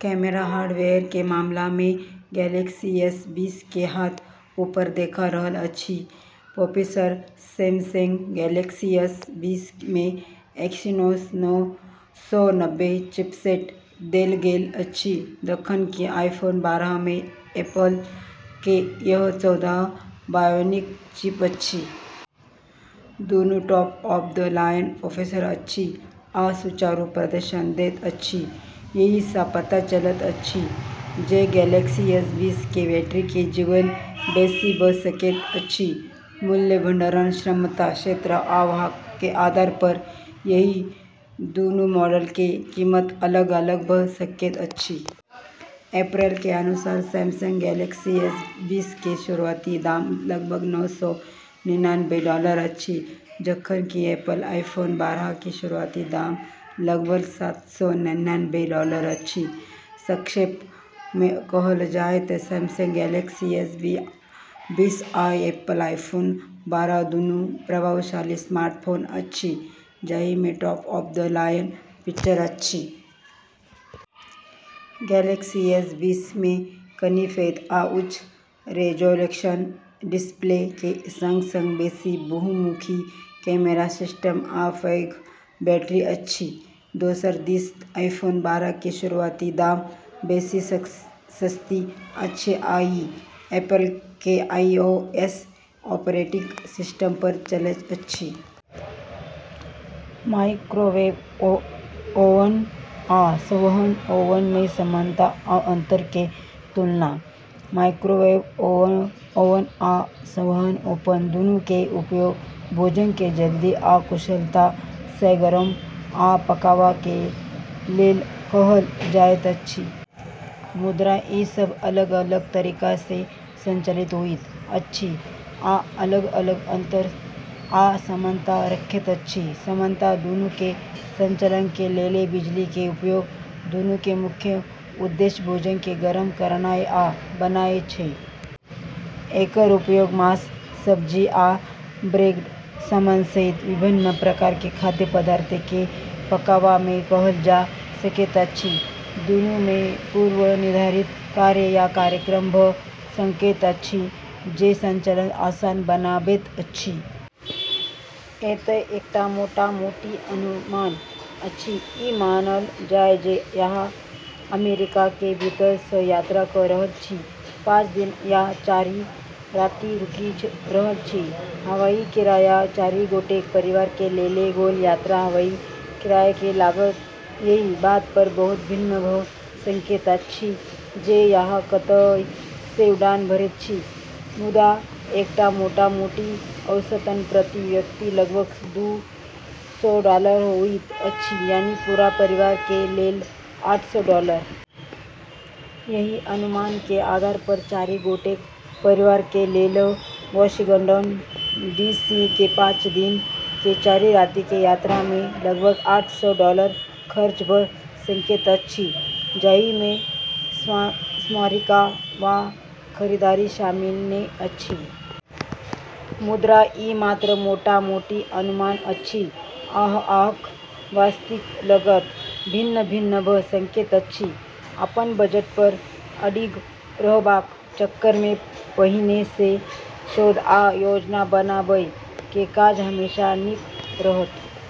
Camera hardware के मामला मे गैलेक्सी एस बीस के हाथ ऊपर देखा रहल अछि। प्रोसेसर: सैमसंग गैलेक्सी एस बीस मे एक्सिनोस नौ सौ नब्बे चिपसेट देल गेल अछि, जखन कि आईफोन बारह मे एप्पल के ए चौदह बायोनिक चिप अछि। दुनू टॉप-ऑफ-द-लाइन प्रोसेसर अछि आ सुचारू प्रदर्शन दैत अछि। एहि सँ पता चलैत अछि जे गैलेक्सी एस बीस के बैटरी के जीवन बेसी भ' सकैत अछि। मूल्य: भंडारण क्षमता, क्षेत्र आ वाहक के आधार पर एहि दूनू मॉडल के कीमत अलग-अलग भ' सकैत अछि। अप्रैल के अनुसार सैमसंग गैलेक्सी एस बीस के शुरुआती दाम लगभग नौ सौ निन्यानबे डॉलर अछि, जखन कि एप्पल आईफोन बारह के शुरुआती दाम लगभग सात सौ निन्यानबे डॉलर अछि। संक्षेप मे कहल जाय त' सैमसंग गैलेक्सी एस बीस आ एप्पल आईफोन बारह दुनू प्रभावशाली स्मार्टफोन अछि जाहि मे टॉप-ऑफ-द-लाइन फीचर अछि। गैलेक्सी एस बीस मे कनि पैघ आ उच्च रिजॉल्यूशन डिस्प्ले के संग-संग बेसी बहुमुखी कैमरा सिस्टम आ पैघ बैटरी अछि। दोसर दिस आईफोन बारह के शुरुआती दाम बेसी सस्ती अछि आ ई एप्पल के आईओएस ऑपरेटिंग सिस्टम पर चलैत अछि। माइक्रोवेव ओवन आ संवहन ओवन मे समानता आ अंतर के तुलना: माइक्रोवेव ओवन आ संवहन ओवन दुनू के उपयोग भोजन के जल्दी आ कुशलता सँ गरम आ पकावा के लेल कएल जायत अछि। मुदा, ई सब अलग-अलग तरीका सँ संचालित होइत अछि आ अलग-अलग अंतर आ समानता रखैत अछि। समानता: दुनू के संचालन के लेल बिजली के उपयोग। दुनू के मुख्य उद्देश्य भोजन के गरम करनाय आ बनानाय छै। एकर उपयोग मांस, सब्जी, आ बेक्ड सामान सहित विभिन्न प्रकार के खाद्य पदार्थ के पकावा मे कएल जा सकैत अछि। दुनू मे पूर्व निर्धारित कार्य या कार्यक्रम भ' सकैत अछि जे संचालन आसान बनाबैत अछि। एतय एकटा मोटा-मोटी अनुमान अछि, ई मानल जाय जे अहाँ अमेरिका के भीतर सँ यात्रा क' रहल छी, पाँच दिन आ चारि राति रुकि रहल छी: हवाई किराया: चारि गोटेक परिवार के लेल गोल-यात्रा हवाई किराया के लागत एहि बात पर बहुत भिन्न भ' सकैत अछि जे अहाँ कतय सँ उड़ान भरैत छी, मुदा एकटा मोटा-मोटी औसतन प्रति व्यक्ति लगभग दू सौ डॉलर होइत अछि, यानी पूरा परिवार के लेल आठ सौ डॉलर। एहि अनुमान के आधार पर चारि गोटेक परिवार के लेल वाशिंगटन डी. सी. के पाँच दिन के चारि राति के यात्रा मे लगभग आठ सौ डॉलर खर्च भ' सकैत अछि, जाहि मे स्मारिका वा खरीदारी शामिल नै अछि। मुदा, ई मात्र मोटा-मोटी अनुमान अछि, आ अहाँक वास्तविक लागत भिन्न-भिन्न भ' सकैत अछि। अपन बजट पर अडिग रहबाक चक्कर मे पहिने सँ शोध आ योजना बनाबय के काज हमेशा नीक रहत।